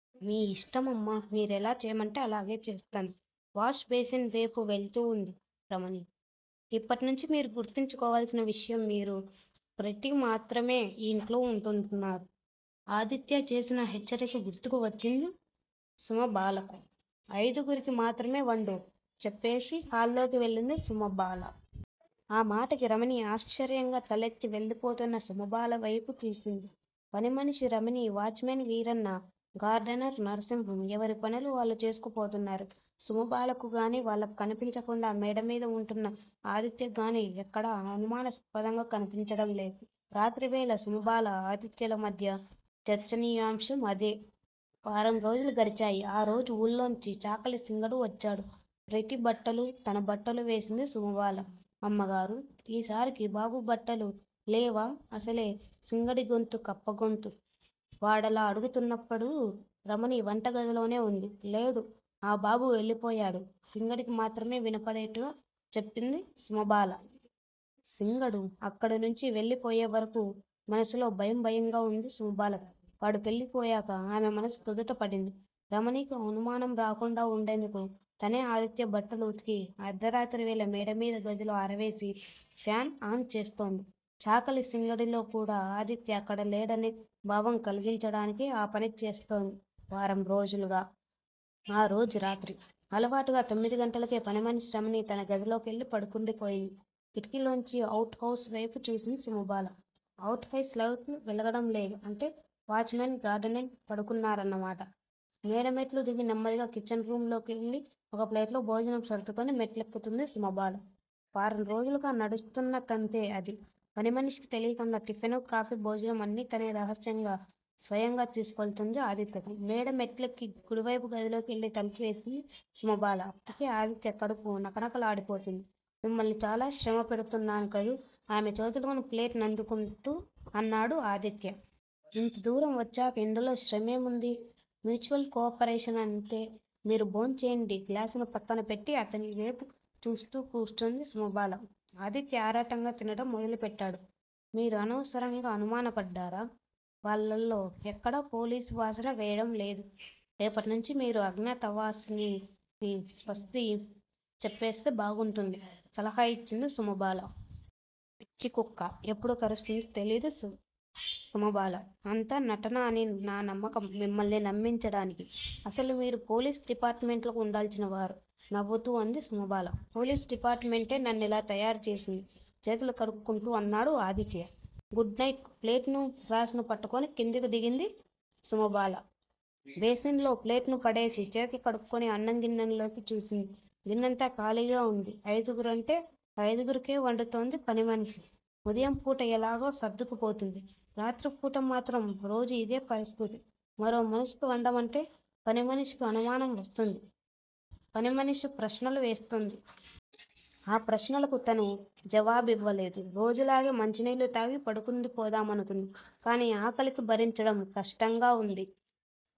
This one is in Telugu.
మీ ఇష్టమమ్మా మీరెలా చెయ్యమంటే అలాగే చేస్తాను వాష్ బేసిన్ వేపు వెళ్తూ అంది రమణి. ఇప్పట్నించి మీరు గుర్తుంచుకోవాల్సిన విషయం మీరు, ప్రెటీ మాత్రమే ఈ ఇంట్లో వుంటున్నారు. ఆదిత్య చేసిన హెచ్చరిక గుర్తుకు వచ్చింది సుమబాలకు. అయిదుగురికి మాత్రమే వండు చెప్పేసి హాల్లోకి వెళ్ళింది సుమబాల. ఆ మాటకి రమణి ఆశ్చర్యంగా తలెత్తి వెళ్ళిపోతున్న సుమబాల వేపు చూసింది. పనిమనిషి Ramani, watchman Veeranna, gardener Narasimham ఎవరి పనులు వాళ్ళు చేసుకుపోతున్నారు. సుమబాలకు గానీ వాళ్ళకు కనిపించకుండా మేడమీద వుంటున్న ఆదిత్యకుగానీ ఎక్కడా అనుమానాస్పదంగా కనిపించడంలేదు. రాత్రివేళ సుమబాల, ఆదిత్యల మధ్య చర్చనీయాంశం అదే. వారం రోజులు గడిచాయి. ఆ రోజు ఊళ్ళోంచి చాకలి సింగడు వచ్చాడు. ప్రెటీ బట్టలు, తన బట్టలు వేసింది సుమబాల. అమ్మగారూ! ఈసారికి బాబు బట్టలు లేవా అసలే సింగడిగొంతు కప్ప గొంతు. వాడలా అడుగుతున్నప్పుడు రమణి వంటగదిలోనే వుంది. లేడు ఆ బాబు వెళ్ళిపోయాడు సింగడికి మాత్రమే వినపడేటట్టుగా చెప్పింది సుమబాల. సింగడు అక్కడనుంచి వెళ్ళిపోయేవరకూ మనసులో భయం భయంగా వుంది సుమబాలకు. వాడు వెళ్ళిపోయాక ఆమె మనసు కుదుటపడింది. రమణికి అనుమానం రాకుండా వుండేందుకు తనే ఆదిత్య బట్టలు ఉతికి అర్థరాత్రివేళ మేడమీద గదిలో ఆరవేసి ఫ్యాన్ ఆన్ చేస్తోంది. చాకలి సింగడిలో కూడా ఆదిత్య అక్కడ లేడనే భావం కల్గించటానికే ఆ పని చేస్తోంది వారం రోజులుగా. ఆ రోజు రాత్రి. అలవాటుగా తొమ్మిదిగంటలకే పనిమనిషి రమణి తన గదిలోకెళ్ళి పడుకుండిపోయింది. కిటికీలోంచి అవుట్ హౌస్ వేపు చూసింది సుమబాల. అవుట్ హౌస్ లైట్లు వెలగడం లేదు. అంటే వాచ్ మెన్, గార్డినర్ పడుకున్నారన్నమాట. మేడమెట్లు దిగి నెమ్మదిగా కిచెన్ రూమ్ లోకెళ్ళి ఒక ప్లేట్లో భోజనం సర్దుకొని మెట్లెక్కుతోంది సుమబాల. వారం రోజులుగా నడుస్తున్న తంతే అది పనిమనిషికి తెలీకుండా టిఫిను, కాఫీ, భోజనం అన్నీ తనే రహస్యంగా, స్వయంగా తీసికెళ్తోంది ఆదిత్యకు. మేడ మెట్లెక్కి కుడివేపు గదిలోకెళ్ళి తలుపేసింది సుమబాల. అప్పటికే ఆదిత్య కడుపు నకనకలాడిపోతోంది. మిమ్మల్ని చాలా శ్రమ పెడుతున్నాను కదూ ఆమె చేతిలోని ప్లేట్ ను అందుకుంటూ అన్నాడు ఆదిత్య. ఇంత దూరం వచ్చాక ఇందులో శ్రమేం వుంది? మ్యూచవల్ కోపరేషన్ అంతే మీరు భోంచెయ్యండి గ్లాసును పక్కన పెట్టి అతని వేపు చూస్తూ కూర్చుంది సుమబాల. ఆదిత్య ఆరాటంగా తినటం మొదలుపెట్టాడు. మీరు అనవసరంగా అనుమానపడ్డారా? వాళ్ళల్లో ఎక్కడా పోలీసువాసన వెయ్యడంలేదు. రేపట్నించీ మీరు అజ్ఞాతవాసానిని స్వస్తి చెప్పేస్తే బాగుంటుంది సలహా యిచ్చింది సుమబాల. పిచ్చికుక్క ఎప్పుడు కరుస్తుందో తెలీదు సుమబాలా! అంతా నటన అని నా నమ్మకం మిమ్మల్ని నమ్మించడానికి. అసలు మీరు పోలీస్ డిపార్ట్ మెంట్లో వుండాల్సిన వారు నవ్వుతూ అంది సుమబాల. పోలీసు డిపార్టుమెంటే నన్నిలా తయారుచేసింది చేతులు కడుక్కుంటూ అన్నాడు ఆదిత్య. గుడ్ నైట్ ప్లేట్ ను, గ్లాసును పట్టుకుని కిందకు దిగింది సుమబాల. బేసిన్ లో ప్లేటును పడేసి చేతులు కడుక్కొని అన్నం గిన్నెలోకి చూసింది. గిన్నంతా ఖాళీగా వుంది. అయిదుగురంటే అయిడుగురికే వండుతోంది పనిమనిషి. ఉదయంపూట ఎలాగో సర్దుకుపోతోంది. రాత్రిపూట మాత్రం రోజూ యిదే పరిస్థితి మరో మనిషికి వండమంటే పనిమనిషికి అనుమానం వస్తుంది. పనిమనిషి ప్రశ్నలు వేస్తుంది. ఆ ప్రశ్నలకు తను జవాబివ్వలేదు. రోజులాగే మంచినీళ్ళు తాగి పడుకుండిపోదామనుకుంది. కానీ ఆకలికి భరించడం కష్టంగా వుంది.